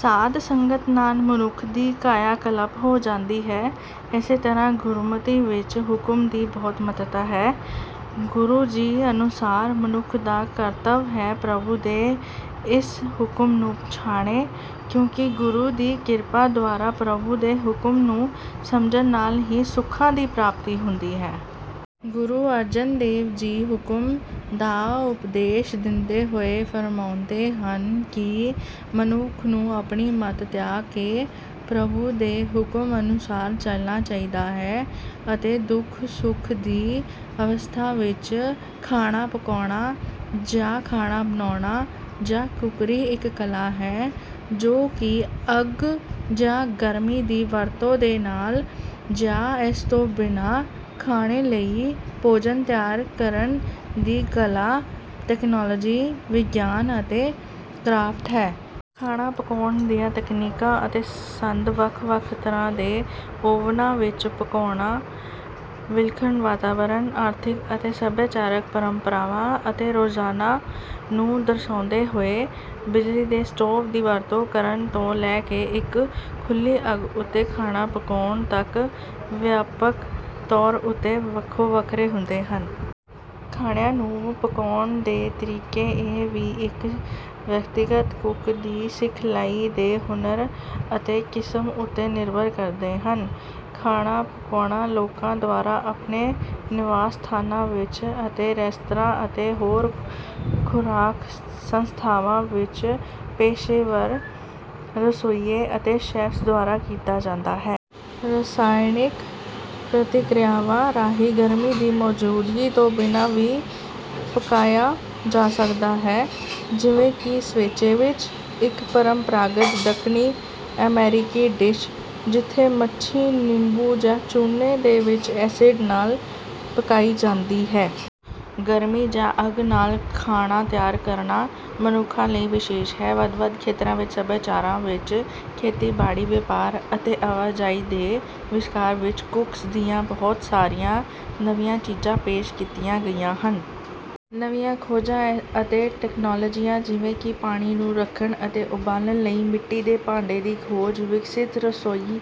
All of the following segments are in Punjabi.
ਸਾਧ ਸੰਗਤ ਨਾਲ ਮਨੁੱਖ ਦੀ ਕਾਇਆ ਕਲਪ ਹੋ ਜਾਂਦੀ ਹੈ। ਇਸੇ ਤਰ੍ਹਾਂ ਗੁਰਮਤਿ ਵਿੱਚ ਹੁਕਮ ਦੀ ਬਹੁਤ ਮਹੱਤਤਾ ਹੈ। ਗੁਰੂ ਜੀ ਅਨੁਸਾਰ ਮਨੁੱਖ ਦਾ ਕਰਤੱਵ ਹੈ ਪ੍ਰਭੂ ਦੇ ਇਸ ਹੁਕਮ ਨੂੰ ਪਛਾਣੇ ਕਿਉਂਕਿ ਗੁਰੂ ਦੀ ਕਿਰਪਾ ਦੁਆਰਾ ਪ੍ਰਭੂ ਦੇ ਹੁਕਮ ਨੂੰ ਸਮਝਣ ਨਾਲ ਹੀ ਸੁੱਖਾਂ ਦੀ ਪ੍ਰਾਪਤੀ ਹੁੰਦੀ ਹੈ। ਗੁਰੂ ਅਰਜਨ ਦੇਵ ਜੀ ਹੁਕਮ ਦਾ ਉਪਦੇਸ਼ ਦਿੰਦੇ ਹੋਏ ਫਰਮਾਉਂਦੇ ਹਨ ਕਿ ਮਨੁੱਖ ਨੂੰ ਆਪਣੀ ਮਤ ਤਿਆਗ ਕੇ ਪ੍ਰਭੂ ਦੇ ਹੁਕਮ ਅਨੁਸਾਰ ਚਲਣਾ ਚਾਹੀਦਾ ਹੈ ਅਤੇ ਦੁੱਖ ਸੁੱਖ ਦੀ ਅਵਸਥਾ ਵਿੱਚ। ਖਾਣਾ ਪਕਾਉਣਾ ਜਾਂ ਖਾਣਾ ਬਣਾਉਣਾ ਜਾਂ ਕੁੱਕਰੀ ਇੱਕ ਕਲਾ ਹੈ, ਜੋ ਕਿ ਅੱਗ ਜਾਂ ਗਰਮੀ ਦੀ ਵਰਤੋਂ ਦੇ ਨਾਲ ਜਾਂ ਇਸ ਤੋਂ ਬਿਨਾਂ ਖਾਣੇ ਲਈ ਭੋਜਨ ਤਿਆਰ ਕਰਨ ਦੀ ਕਲਾ, ਤਕਨਾਲੋਜੀ, ਵਿਗਿਆਨ ਅਤੇ ਕਰਾਫਟ ਹੈ। ਖਾਣਾ ਪਕਾਉਣ ਦੀਆਂ ਤਕਨੀਕਾਂ ਅਤੇ ਸੰਦ ਵੱਖ ਵੱਖ ਤਰ੍ਹਾਂ ਦੇ ਓਵਨਾਂ ਵਿੱਚ ਪਕਾਉਣਾ, ਵਿਲੱਖਣ ਵਾਤਾਵਰਣ, ਆਰਥਿਕ ਅਤੇ ਸੱਭਿਆਚਾਰਕ ਪਰੰਪਰਾਵਾਂ ਅਤੇ ਰੁਝਾਨਾਂ ਨੂੰ ਦਰਸਾਉਂਦੇ ਹੋਏ, ਬਿਜਲੀ ਦੇ ਸਟੋਵ ਦੀ ਵਰਤੋਂ ਕਰਨ ਤੋਂ ਲੈ ਕੇ ਇੱਕ ਖੁੱਲ੍ਹੀ ਅੱਗ ਉੱਤੇ ਖਾਣਾ ਪਕਾਉਣ ਤੱਕ, ਵਿਆਪਕ ਤੌਰ ਉੱਤੇ ਵੱਖੋ ਵੱਖਰੇ ਹੁੰਦੇ ਹਨ। ਖਾਣਿਆਂ ਨੂੰ ਪਕਾਉਣ ਦੇ ਤਰੀਕੇ ਇਹ ਵੀ ਇੱਕ ਵਿਅਕਤੀਗਤ ਕੁੱਕ ਦੀ ਸਿਖਲਾਈ ਦੇ ਹੁਨਰ ਅਤੇ ਕਿਸਮ ਉੱਤੇ ਨਿਰਭਰ ਕਰਦੇ ਹਨ। ਖਾਣਾ ਪਕਾਉਣਾ ਲੋਕਾਂ ਦੁਆਰਾ ਆਪਣੇ ਨਿਵਾਸ ਸਥਾਨਾਂ ਵਿੱਚ ਅਤੇ ਰੈਸਤਰਾਂ ਅਤੇ ਹੋਰ ਖੁਰਾਕ ਸੰਸਥਾਵਾਂ ਵਿੱਚ ਪੇਸ਼ੇਵਰ ਰਸੋਈਏ ਅਤੇ ਸ਼ੈੱਫ਼ਜ਼ ਦੁਆਰਾ ਕੀਤਾ ਜਾਂਦਾ ਹੈ। ਰਸਾਇਣਕ ਪ੍ਰਤੀਕ੍ਰਿਆਵਾਂ ਰਾਹੀਂ ਗਰਮੀ ਦੀ ਮੌਜੂਦਗੀ ਤੋਂ ਬਿਨਾਂ ਵੀ ਪਕਾਇਆ ਜਾ ਸਕਦਾ ਹੈ, ਜਿਵੇਂ ਕਿ ਸੇਵੇਚੇ ਵਿੱਚ, ਇੱਕ ਪਰੰਪਰਾਗਤ ਦੱਖਣੀ ਅਮਰੀਕੀ ਡਿਸ਼, ਜਿੱਥੇ ਮੱਛੀ ਨਿੰਬੂ ਜਾਂ ਚੂਨੇ ਦੇ ਵਿੱਚ ਐਸਿਡ ਨਾਲ ਪਕਾਈ ਜਾਂਦੀ ਹੈ। ਗਰਮੀ ਜਾਂ ਅੱਗ ਨਾਲ ਖਾਣਾ ਤਿਆਰ ਕਰਨਾ ਮਨੁੱਖਾਂ ਲਈ ਵਿਸ਼ੇਸ਼ ਹੈ। ਵੱਖ ਵੱਖ ਖੇਤਰਾਂ ਵਿੱਚ ਸਭਿਆਚਾਰਾਂ ਵਿੱਚ ਖੇਤੀਬਾੜੀ, ਵਪਾਰ, ਅਤੇ ਆਵਾਜਾਈ ਦੇ ਵਿਸਥਾਰ ਵਿੱਚ ਕੁੱਕਸ ਦੀਆਂ ਬਹੁਤ ਸਾਰੀਆਂ ਨਵੀਆਂ ਚੀਜ਼ਾਂ ਪੇਸ਼ ਕੀਤੀਆਂ ਗਈਆਂ ਹਨ। ਨਵੀਆਂ ਖੋਜਾਂ ਅਤੇ ਤਕਨਾਲੋਜੀਆਂ, ਜਿਵੇਂ ਕਿ ਪਾਣੀ ਨੂੰ ਰੱਖਣ ਅਤੇ ਉਬਾਲਣ ਲਈ ਮਿੱਟੀ ਦੇ ਭਾਂਡੇ ਦੀ ਖੋਜ, ਵਿਕਸਤ ਰਸੋਈ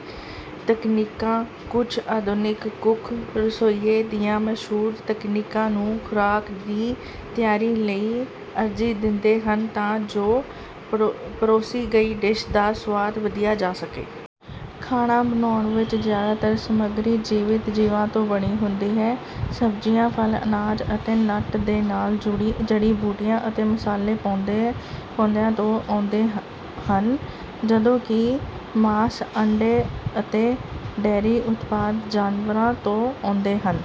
ਤਕਨੀਕਾਂ। ਕੁਝ ਆਧੁਨਿਕ ਕੁੱਕ ਰਸੋਈਏ ਦੀਆਂ ਮਸ਼ਹੂਰ ਤਕਨੀਕਾਂ ਨੂੰ ਖੁਰਾਕ ਦੀ ਤਿਆਰੀ ਲਈ ਅਰਜ਼ੀ ਦਿੰਦੇ ਹਨ ਤਾਂ ਜੋ ਪਰੋਸੀ ਗਈ ਡਿਸ਼ ਦਾ ਸੁਆਦ ਵਧਾਇਆ ਜਾ ਸਕੇ। ਖਾਣਾ ਬਣਾਉਣ ਵਿੱਚ ਜ਼ਿਆਦਾਤਰ ਸਮੱਗਰੀ ਜੀਵਤ ਜੀਵਾਂ ਤੋਂ ਬਣੀ ਹੁੰਦੀ ਹੈ। ਸਬਜ਼ੀਆਂ, ਫਲ, ਅਨਾਜ ਅਤੇ ਨਟ ਦੇ ਨਾਲ ਜੜੀ ਬੂਟੀਆਂ ਅਤੇ ਮਸਾਲੇ ਪੌਦਿਆਂ ਤੋਂ ਆਉਂਦੇ ਹਨ, ਜਦੋਂ ਕਿ ਮਾਸ, ਆਂਡੇ ਅਤੇ ਡੇਅਰੀ ਉਤਪਾਦ ਜਾਨਵਰਾਂ ਤੋਂ ਆਉਂਦੇ ਹਨ।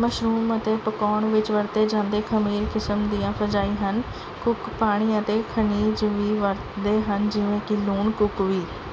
ਮਸ਼ਰੂਮਜ਼ ਅਤੇ ਪਕਾਉਣ ਵਿੱਚ ਵਰਤੇ ਜਾਂਦੇ ਖਮੀਰ ਕਿਸਮ ਦੀਆਂ ਫੰਜਾਈ ਹਨ। ਕੁੱਕ ਪਾਣੀ ਅਤੇ ਖਣਿਜ ਵੀ ਵਰਤਦੇ ਹਨ ਜਿਵੇਂ ਕਿ ਲੂਣ। ਕੁੱਕ ਵੀ...